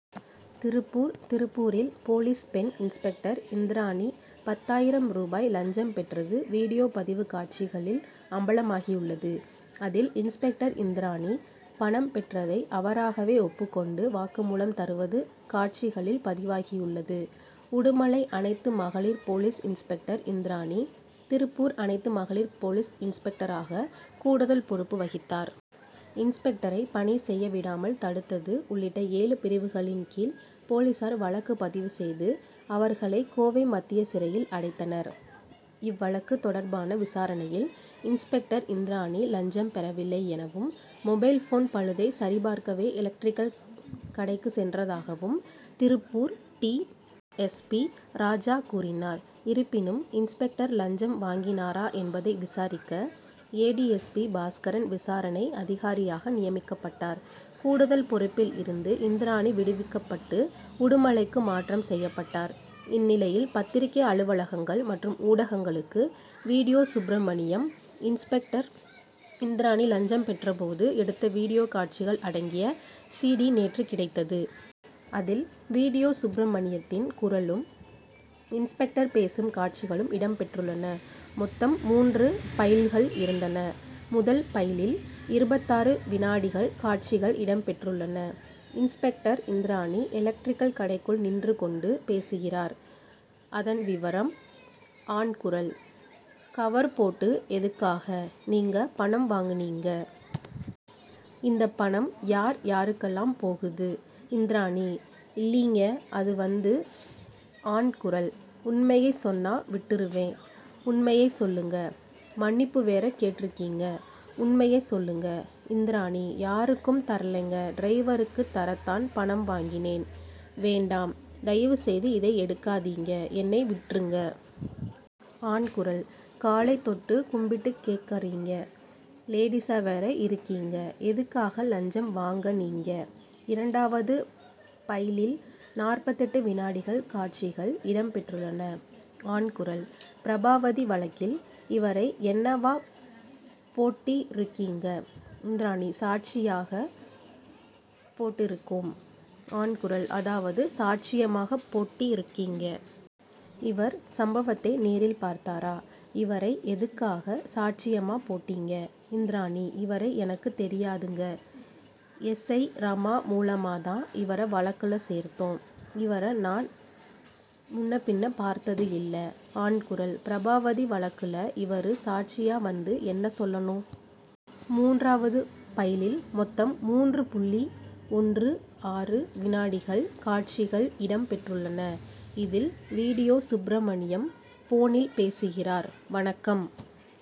திருப்பூர் திருப்பூரில், போலீஸ் பெண் இன்ஸ்பெக்டர் இந்திராணி, பத்தாயிரம் ரூபாய் லஞ்சம் பெற்றது வீடியோ பதிவு காட்சிகளில் அம்பலமாகியுள்ளது; அதில், இன்ஸ்பெக்டர் இந்திராணி, பணம் பெற்றதை அவராகவே ஒப்புக்கொண்டு வாக்குமூலம் தருவது காட்சிகளில் பதிவாகியுள்ளது. உடுமலை அனைத்து மகளிர் போலீஸ் இன்ஸ்பெக்டர் இந்திராணி; திருப்பூர் அனைத்து மகளிர் போலீஸ் இன்ஸ்பெக்டராக கூடுதல் பொறுப்பு வகித்தார். இன்ஸ்பெக்டரை பணி செய்ய விடாமல் தடுத்தது உள்ளிட்ட ஏழு பிரிவுகளின் கீழ் போலீசார் வழக்கு பதிவு செய்து, அவர்களை கோவை மத்திய சிறையில் அடைத்தனர். இவ்வழக்கு தொடர்பான விசாரணையில், "இன்ஸ்பெக்டர் இந்திராணி லஞ்சம் பெறவில்லை எனவும், மொபைல் போன் பழுதை சரிபார்க்கவே எலக்ட்ரிக்கல் கடைக்கு சென்றதாகவும்,' Tiruppur D. S. P., Raja கூறினார். இருப்பினும், இன்ஸ்பெக்டர் லஞ்சம் வாங்கினாரா என்பதை விசாரிக்க, A. D. S. P., Bhaskaran விசாரணை அதிகாரியாக நியமிக்கப்பட்டார். கூடுதல் பொறுப்பில் இருந்து இந்திராணி விடுவிக்கப்பட்டு, உடுமலைக்கு மாற்றம் செய்யப்பட்டார். இந்நிலையில், பத்திரிகை அலுவலகங்கள் மற்றும் ஊடகங்களுக்கு "வீடியோ' சுப்ரமணியம், இன்ஸ்பெக்டர் இந்திராணி லஞ்சம் பெற்றபோது எடுத்த வீடியோ காட்சிகள் அடங்கிய "சிடி' நேற்று கிடைத்தது. அதில், "வீடியோ' சுப்ரமணியத்தின் குரலும், இன்ஸ்பெக்டர் பேசும் காட்சிகளும் இடம் பெற்றுள்ளன. மொத்தம் மூன்று பைல்கள் இருந்தன. முதல் பைலில் இருபத்தாறு வினாடிகள் காட்சிகள் இடம் பெற்றுள்ளன. இன்ஸ்பெக்டர் இந்திராணி எலக்டரிக்கல் கடைக்குள் நின்று கொண்டு பேசுகிறார். அதன் விவரம்:ஆண் குரல்: கவர் போட்டு எதுக்காக, நீங்க பணம் வாங்குனீங்க? இந்த பணம் யார், யாருக்கெல்லாம் போகுது? இந்திராணி: இல்லீங்க, அதுவந்துஆண் குரல்: உண்மையைச் சொன்னா விட்டுருவேன். உண்மையைச் சொல்லுங்க. மன்னிப்பு வேற கேட்டுருக்கீங்க. உண்மையை சொல்லுங்க. இந்திராணி: யாருக்கும் தரலைங்க; டிரைவருக்கு தரத் தான் பணம் வாங்கினேன். வேண்டாம். தயவு செய்து இதை எடுக்காதீங்க. என்னை விட்டுருங்க. ஆண் குரல்: காலை தொட்டு கும்பிட்டு கேட்கறீங்க. லேடீசா வேற இருக்கீங்க? எதுக்காக, லஞ்சம் வாங்கனீங்க? இரண்டாவது பைலில் நாற்பத்தெட்டு வினாடிகள் காட்சிகள் இடம் பெற்றுள்ளன. ஆண் குரல்: பிரபாவதி வழக்கில் இவரை என்னவா போட்டிருக்கீங்க? இந்திராணி: சாட்சியா போட்டிருக்கோம். ஆண் குரல்: அதாவது, சாட்சியமா போட்டிருக்கீங்க. இவர் சம்பவத்தை நேரில் பார்த்தாரா? இவரை எதுக்காக சாட்சியமா போட்டீங்க? இந்திராணி: இவரை எனக்கு தெரியாதுங்க. எஸ். ஐ., ரமா மூலமா தான் இவரை வழக்குல சேர்த்தோம். இவரை நான் முன்ன பின்ன பார்த்தது இல்லை. ஆண் குரல்: பிரபாவதி வழக்குல இவரு சாட்சியா வந்து என்ன சொல்லணும்? மூன்றாவது பைலில் மொத்தம் மூன்று புள்ளி ஒன்று ஆறு வினாடிகள் காட்சிகள் இடம் பெற்றுள்ளன. இதில் "வீடியோ' சுப்ரமணியம், போனில் பேசுகிறார். "வணக்கம்